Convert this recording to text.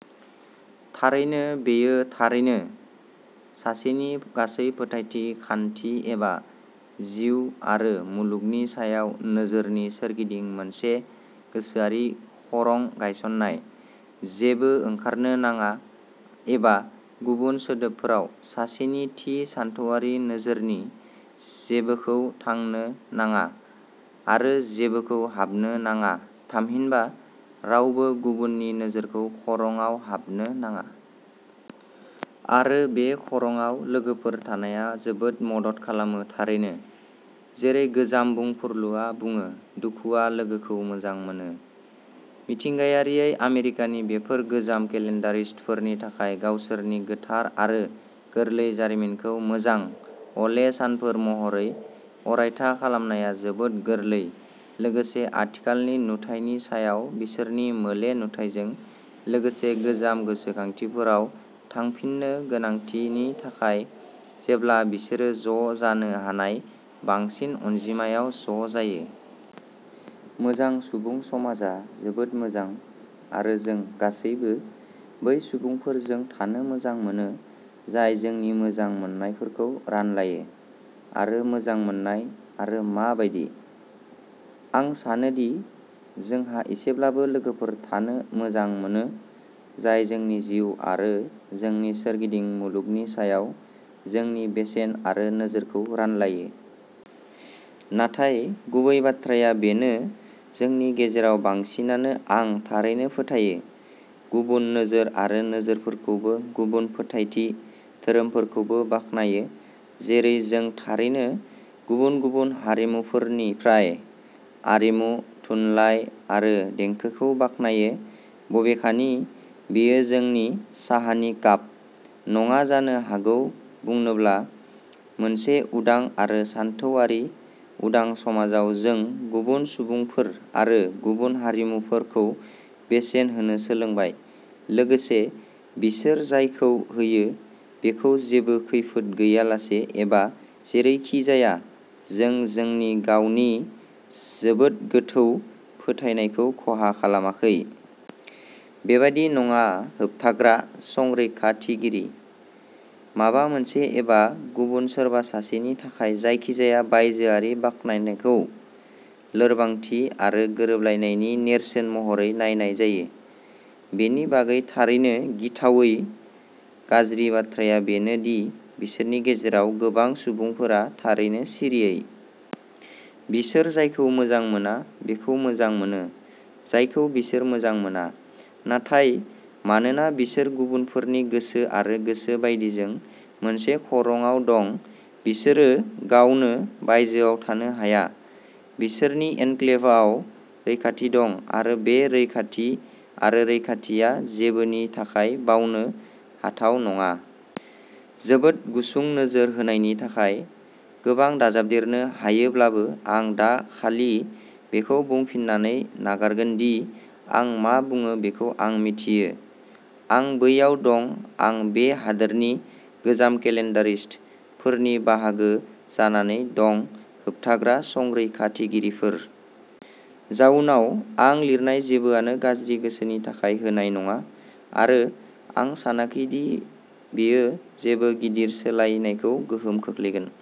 थारैनो, बेयो थारैनो सासेनि गासै फोथायथि खान्थि एबा जिउ आरो मुलुगनि सायाव नोजोरनि सोरगिदिं मोनसे गोसोआरि खरं गायसन्नाय। जेबो ओंखारनो नाङा एबा गुबुन सोदोबफोराव सासेनि थि सानथौआरि नोजोरनि जेबोखौ थांनो नाङा आरो जेबोखौ हाबनो नाङा थामहिनबा रावबो गुबुननि नोजोरखौ खरंआव हाबनो नाङा। आरो बे खरंआव लोगोफोर थानाया जोबोद मदद खालामो थारैनो। जेरै गोजाम बुंफुरलुआ बुङो "दुखुआ लोगोखौ मोजां मोनो।" मिथिंगायारियै आमेरिकानि बेफोर "गोजाम केलेन्डारिस्ट" फोरनि थाखाय गावसोरनि गोथार आरो गोरलै जारिमिनखौ मोजां अले सानफोर महरै अरायथा खालामनाया जोबोद गोरलै लोगोसे आथिखालनि नुथायनि सायाव बिसोरनि मोले नुथायजों लोगोसे गोजाम गोसोखांथिफोराव थांफिननो गोनांथिनि थाखाय जेब्ला बिसोरो ज' जानो हानाय बांसिन अनजिमायाव ज' जायो। मोजां सुबुं समाजआ जोबोद मोजां आरो जों गासैबो बै सुबुंफोरजों थानो मोजां मोनो जाय जोंनि मोजां मोननायफोरखौ रानलायो आरो मोजां मोन्नाय आरो मा बायदि। आं सानो दि जोंहा एसेब्लाबो लोगोफोर थानो मोजां मोनो जाय जोंनि जिउ आरो जोंनि सोरगिदिं मुलुगनि सायाव जोंनि बेसेन आरो नोजोरखौ रानलायो। नाथाय गुबै बाथ्राया बेनो जोंनि गेजेराव बांसिनानो आं थारैनो फोथायो गुबुन नोजोर आरो नोजोरफोरखौबो गुबुन फोथायथि धोरोमफोरखौबो बाखनायो जेरै जों थारैनो गुबुन गुबुन हारिमुफोरनिफ्राय आरिमु, थुनलाइ आरो देंखोखौ बाखनायो बबेखानि बेयो जोंनि "साहानि काप" नङा जानो हागौ बुंनोब्ला मोनसे उदां आरो सानथौआरि उदां समाजाव जों गुबुन सुबुंफोर आरो गुबुन हारिमुफोरखौ बेसेन होनो सोलोंबाय लोगोसे बिसोर जायखौ होयो बेखौ जेबो खैफोद गैयालासे एबा जेरैखिजाया जों जोंनि गावनि जोबोद गोथौ फोथायनायखौ खहा खालामाखै। बेबादि नङा होबथाग्रा-संरैखाथिगिरि। माबा मोनसे एबा गुबुन सोरबा सासेनि थाखाय जायखिजाया बायजोआरि बाख्नायनायखौ लोरबांथि आरो गोरोबलायनायनि नेरसोन महरै नायनाय जायो। बेनि बागै थारैनो गिथावै गाज्रि बाथ्राया बेनो दि बिसोरनि गेजेराव गोबां सुबुंफोरा थारैनो सिरियै। बिसोर जायखौ मोजां मोना बेखौ मोजां मोनो जायखौ बिसोर मोजां मोना। नाथाय मानोना बिसोर गुबुनफोरनि गोसो आरो गोसो बायदिजों मोनसे खरंआव दं बिसोरो गावनो "बायजोआव" थानो हाया। बिसोरनि एनक्लेभआव रैखाथि दं आरो बे रैखाथि आरो रैखाथिआ जेबोनि थाखाय बावनो हाथाव नङा। जोबोद गुसुं नोजोर होनायनि थाखाय! गोबां दाजाबदेरनो हायोब्लाबो आं दा खालि बेखौ बुंफिननानै नागारगोन दि आं मा बुङो बेखौ आं मिथियो। आं बैयाव दं आं बे हादोरनि "गोजाम केलेन्डारिस्ट" फोरनि बाहागो जानानै दं होबथाग्रा-संरैखाथिगिरिफोर। जाउनाव, आं लिरनाय जेबोआनो गाज्रि गोसोनि थाखाय होनाय नङा आरो आं सानाखै दि बेयो जेबो गिदिर सोलायनायखौ गोहोम खोख्लैगोन।